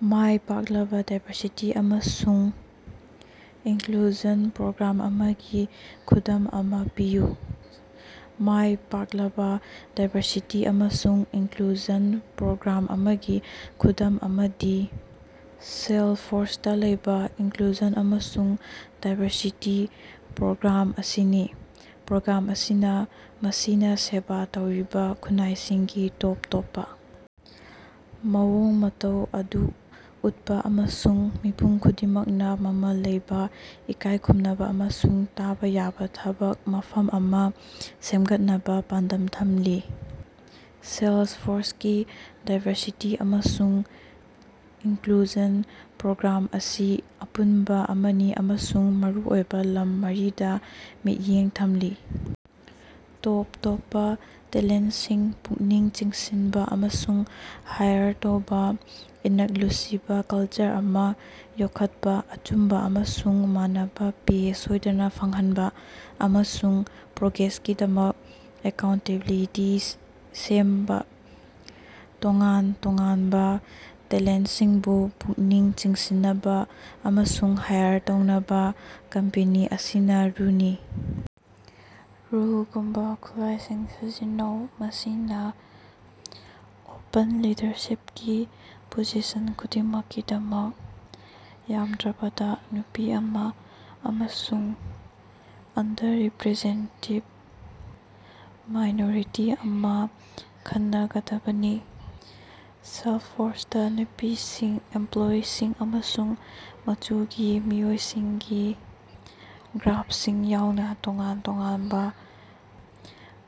ꯃꯥꯏ ꯄꯥꯛꯂꯕ ꯗꯥꯏꯕꯔꯁꯤꯇꯤ ꯑꯃꯁꯨꯡ inclusion program ꯑꯃꯒꯤ ꯈꯨꯗꯝ ꯑꯃ ꯄꯤꯌꯨ꯫ ꯃꯥꯏ ꯄꯥꯛꯂꯕ ꯗꯥꯏꯕꯔꯁꯤꯇꯤ ꯑꯃꯁꯨꯡ ꯏꯀ꯭ꯂꯨꯖꯟ ꯄ꯭ꯔꯣꯒ꯭ꯔꯥꯝ ꯑꯃꯒꯤ ꯈꯨꯗꯝ ꯑꯃꯗꯤ ꯁꯦꯂꯁꯐꯣꯔꯁꯇꯥ ꯂꯩꯕ "ꯏꯀ꯭ꯂꯨꯖꯟ ꯑꯃꯁꯨꯡ ꯗꯥꯏꯕꯔꯁꯤꯇꯤ ꯄ꯭ꯔꯣꯒ꯭ꯔꯥꯝ"ꯑꯁꯤꯅꯤ꯫ ꯄ꯭ꯔꯣꯒ꯭ꯔꯥꯝ ꯑꯁꯤꯅ ꯃꯁꯤꯅ ꯁꯦꯕ ꯇꯧꯔꯤꯕ ꯈꯨꯟꯅꯥꯏꯁꯤꯡꯒꯤ ꯇꯣꯞ ꯇꯣꯞꯄ ꯃꯑꯣꯡ ꯃꯇꯧ ꯑꯗꯨ ꯎꯠꯄ ꯑꯃꯁꯨꯡ ꯃꯤꯄꯨꯝ ꯈꯨꯗꯤꯡꯃꯛꯅ ꯃꯃꯜ ꯂꯩꯕ ꯏꯀꯥꯏꯈꯨꯝꯅꯕ ꯑꯃꯁꯨꯡ ꯇꯥꯕ ꯌꯥꯕ ꯊꯕꯛ ꯃꯐꯝ ꯑꯃꯥ ꯁꯦꯝꯒꯠꯅꯕ ꯄꯥꯟꯗꯝ ꯊꯝꯂꯤ꯫ ꯁꯦꯂꯁꯐꯣꯔꯁꯀꯤ ꯗꯥꯏꯕꯔꯁꯤꯇꯤ ꯑꯃꯁꯨꯡ ꯏꯀ꯭ꯂꯨꯖꯟ ꯄ꯭ꯔꯣꯒ꯭ꯔꯥꯝ ꯑꯁꯤ ꯑꯄꯨꯟꯕ ꯑꯃꯅꯤ ꯑꯃꯁꯨꯡ ꯃꯔꯨꯑꯣꯏꯕ ꯂꯝ ꯃꯔꯤꯗ ꯃꯤꯠꯌꯦꯡ ꯊꯝꯂꯤ: ꯇꯣꯞ ꯇꯣꯞꯄ ꯇꯦꯂꯦꯟꯇꯁꯤꯡ ꯄꯨꯛꯅꯤꯡ ꯆꯤꯡꯁꯤꯟꯕ ꯑꯃꯁꯨꯡ ꯍꯥꯏꯔ ꯇꯧꯕ, ꯏꯀ꯭ꯂꯨꯁꯤꯕ ꯀꯜꯆꯔ ꯑꯃ ꯌꯣꯛꯈꯠꯄ, ꯑꯆꯨꯝꯕ ꯑꯃꯁꯨꯡ ꯃꯥꯟꯅꯕ ꯄꯦ ꯁꯣꯏꯗꯅ ꯐꯪꯍꯟꯕ, ꯑꯃꯁꯨꯡ ꯄ꯭ꯔꯣꯒ꯭ꯔꯦꯁꯀꯤꯗꯃꯛꯇ ꯑꯦꯀꯥꯎꯟꯇꯦꯕꯤꯂꯤꯇꯤ ꯁꯦꯝꯕ꯫ ꯇꯣꯉꯥꯟ ꯇꯣꯉꯥꯟꯕꯥ ꯇꯦꯂꯦꯟꯇꯁꯤꯡꯕꯨ ꯄꯨꯛꯅꯤꯡ ꯆꯤꯡꯁꯤꯟꯅꯕꯥ ꯑꯃꯁꯨꯡ ꯍꯥꯏꯔ ꯇꯧꯅꯕꯥ ꯀꯝꯄꯦꯅꯤ ꯑꯁꯤꯅ "ꯔꯨꯅꯤ ꯔꯨꯜ"ꯒꯨꯝꯕꯥ ꯈꯨꯠꯂꯥꯏꯁꯤꯡ ꯁꯤꯖꯤꯟꯅꯩ꯫ ꯃꯁꯤꯅ ꯑꯣꯄꯟ ꯂꯤꯗꯔꯁꯤꯄꯀꯤ ꯄꯣꯖꯤꯁꯟ ꯈꯨꯗꯤꯡꯃꯛꯀꯤꯗꯃꯛ ꯌꯥꯝꯗ꯭ꯔꯕꯗ ꯅꯨꯄꯤ ꯑꯃ ꯑꯃꯁꯨꯡ ꯑꯟꯗꯔꯔꯤꯞꯔꯦꯖꯦꯟꯇꯤꯚ ꯃꯥꯏꯅꯣꯔꯤꯇꯤ ꯑꯃ ꯈꯟꯅꯒꯗꯕꯅꯤ꯫ ꯁꯦꯂꯁꯐꯣꯔꯁꯇꯥ ꯅꯨꯄꯤꯁꯤꯡ, ꯏꯃꯞꯂꯣꯌꯤꯁꯤꯡ, ꯑꯃꯁꯨꯡ ꯃꯆꯨꯒꯤ ꯃꯤꯑꯣꯏꯁꯤꯡꯒꯤ ꯒ꯭ꯔꯨꯄꯁꯤꯡ ꯌꯥꯎꯅ ꯇꯣꯉꯥꯟ ꯇꯣꯉꯥꯟꯕ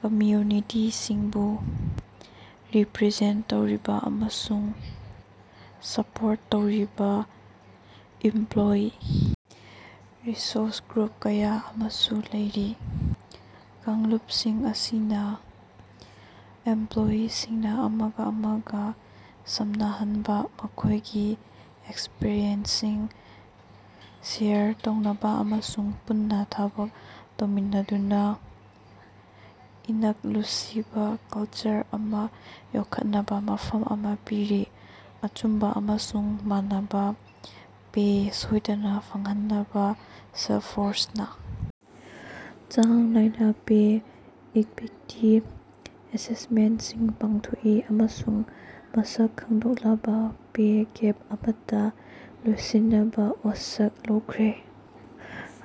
ꯀꯝꯃ꯭ꯌꯨꯅꯤꯇꯤꯁꯤꯡꯕꯨ ꯔꯤꯞꯔꯖꯦꯟꯇ ꯇꯧꯔꯤꯕ ꯑꯃꯁꯨꯡ ꯁꯄꯣꯔꯠ ꯇꯧꯔꯤꯕ ꯏꯝꯞꯂꯣꯌꯤ ꯔꯤꯁꯣꯔꯁ ꯒ꯭ꯔꯨꯞ ꯀꯌꯥ ꯑꯃꯁꯨ ꯂꯩꯔꯤ꯫ ꯀꯥꯡꯂꯨꯞꯁꯤꯡ ꯑꯁꯤꯅꯥ ꯏꯃꯞꯂꯣꯌꯤꯁꯤꯡꯅ ꯑꯃꯒ ꯑꯃꯒ ꯁꯝꯅꯍꯟꯅꯕꯥ, ꯃꯈꯣꯏꯒꯤ ꯑꯦꯛꯁꯄꯔꯤꯌꯦꯟꯁꯁꯤꯡ ꯁꯦꯌꯔ ꯇꯧꯅꯕ ꯑꯃꯁꯨꯡ ꯄꯨꯟꯅ ꯊꯕꯛ ꯇꯧꯃꯤꯟꯅꯗꯨꯅ ꯏꯅꯛꯂꯨꯁꯤꯕ ꯀꯂꯆꯔ ꯑꯃꯥ ꯌꯣꯛꯈꯠꯅꯕ ꯃꯐꯝ ꯑꯃ ꯄꯤꯔꯤ꯫ ꯑꯆꯨꯝꯕ ꯑꯃꯁꯨꯡ ꯃꯥꯟꯅꯕꯥ ꯄꯦ ꯁꯣꯏꯗꯅ ꯐꯪꯍꯟꯅꯕ ꯁꯦꯜꯁꯐꯣꯔꯁꯅꯥ ꯆꯥꯡ ꯅꯥꯏꯅ ꯄꯦ ꯏꯛꯕꯤꯇꯤ ꯑꯦꯁꯦꯁꯃꯦꯟꯇꯁꯤꯡ ꯄꯥꯡꯊꯣꯛꯏ꯫ ꯑꯃꯁꯨꯡ ꯃꯁꯛ ꯈꯪꯗꯣꯛꯂꯕ ꯄꯦ ꯒꯦꯞ ꯑꯃꯠꯇ ꯂꯣꯏꯁꯤꯟꯅꯕ ꯋꯥꯁꯛ ꯂꯧꯈ꯭ꯔꯦ꯫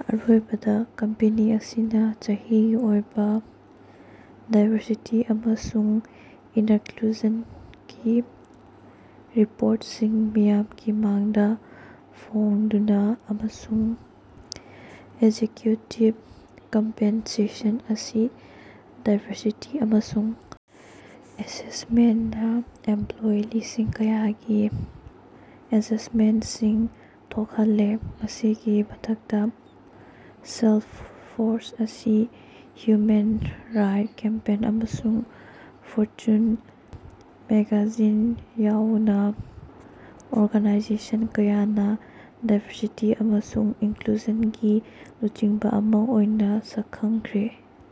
ꯑꯔꯣꯏꯕꯗ ꯀꯝꯄꯦꯅꯤ ꯑꯁꯤꯅ ꯆꯍꯤꯒꯤ ꯑꯣꯏꯕ ꯗꯥꯏꯕꯔꯁꯤꯇꯤ ꯑꯃꯁꯨꯡ ꯏꯅꯛꯂꯨꯖꯟꯒꯤ ꯔꯤꯄꯣꯔꯇꯁꯤꯡ ꯃꯤꯌꯥꯝꯒꯤ ꯃꯥꯡꯗ ꯐꯣꯉꯗꯨꯅ ꯑꯃꯁꯨꯡ ꯑꯦꯀꯖꯤꯛꯌꯨꯇꯤꯚ ꯀꯝꯄꯦꯟꯁꯦꯁꯟ ꯑꯁꯤ ꯗꯥꯏꯕꯔꯁꯤꯇꯤ ꯑꯃꯁꯨꯡ ꯑꯦꯁꯦꯁꯃꯦꯟꯇꯁꯤꯡꯅ ꯑꯦꯃꯞꯂꯣꯏ ꯂꯤꯁꯤꯡ ꯀꯌꯥꯒꯤ ꯑꯦꯗꯖꯁ꯭ꯇꯃꯦꯟꯇꯁꯤꯡ ꯊꯣꯛꯍꯜꯂꯦ꯫ ꯃꯁꯤꯒꯤ ꯃꯊꯛꯇꯥ, ꯁꯦꯂꯁꯐꯣꯔꯁ ꯑꯁꯤ ꯍ꯭ꯌꯨꯃꯦꯟ ꯔꯥꯏꯠꯁ ꯀꯦꯝꯄꯦꯟ ꯑꯃꯁꯨꯡ ꯐꯣꯔꯆꯨꯟ ꯃꯦꯒꯥꯖꯤꯟ ꯌꯥꯑꯣꯅꯥ ꯑꯣꯔꯒꯅꯥꯏꯖꯦꯁꯟ ꯀꯌꯥꯅꯥ ꯗꯥꯏꯕꯔꯁꯤꯇꯤ ꯑꯃꯁꯨꯡ ꯏꯀ꯭ꯂꯨꯖꯟꯒꯤ ꯂꯨꯆꯤꯡꯕꯥ ꯑꯃꯥ ꯑꯣꯏꯅꯥ ꯁꯛꯈꯪꯈ꯭ꯔꯦ꯫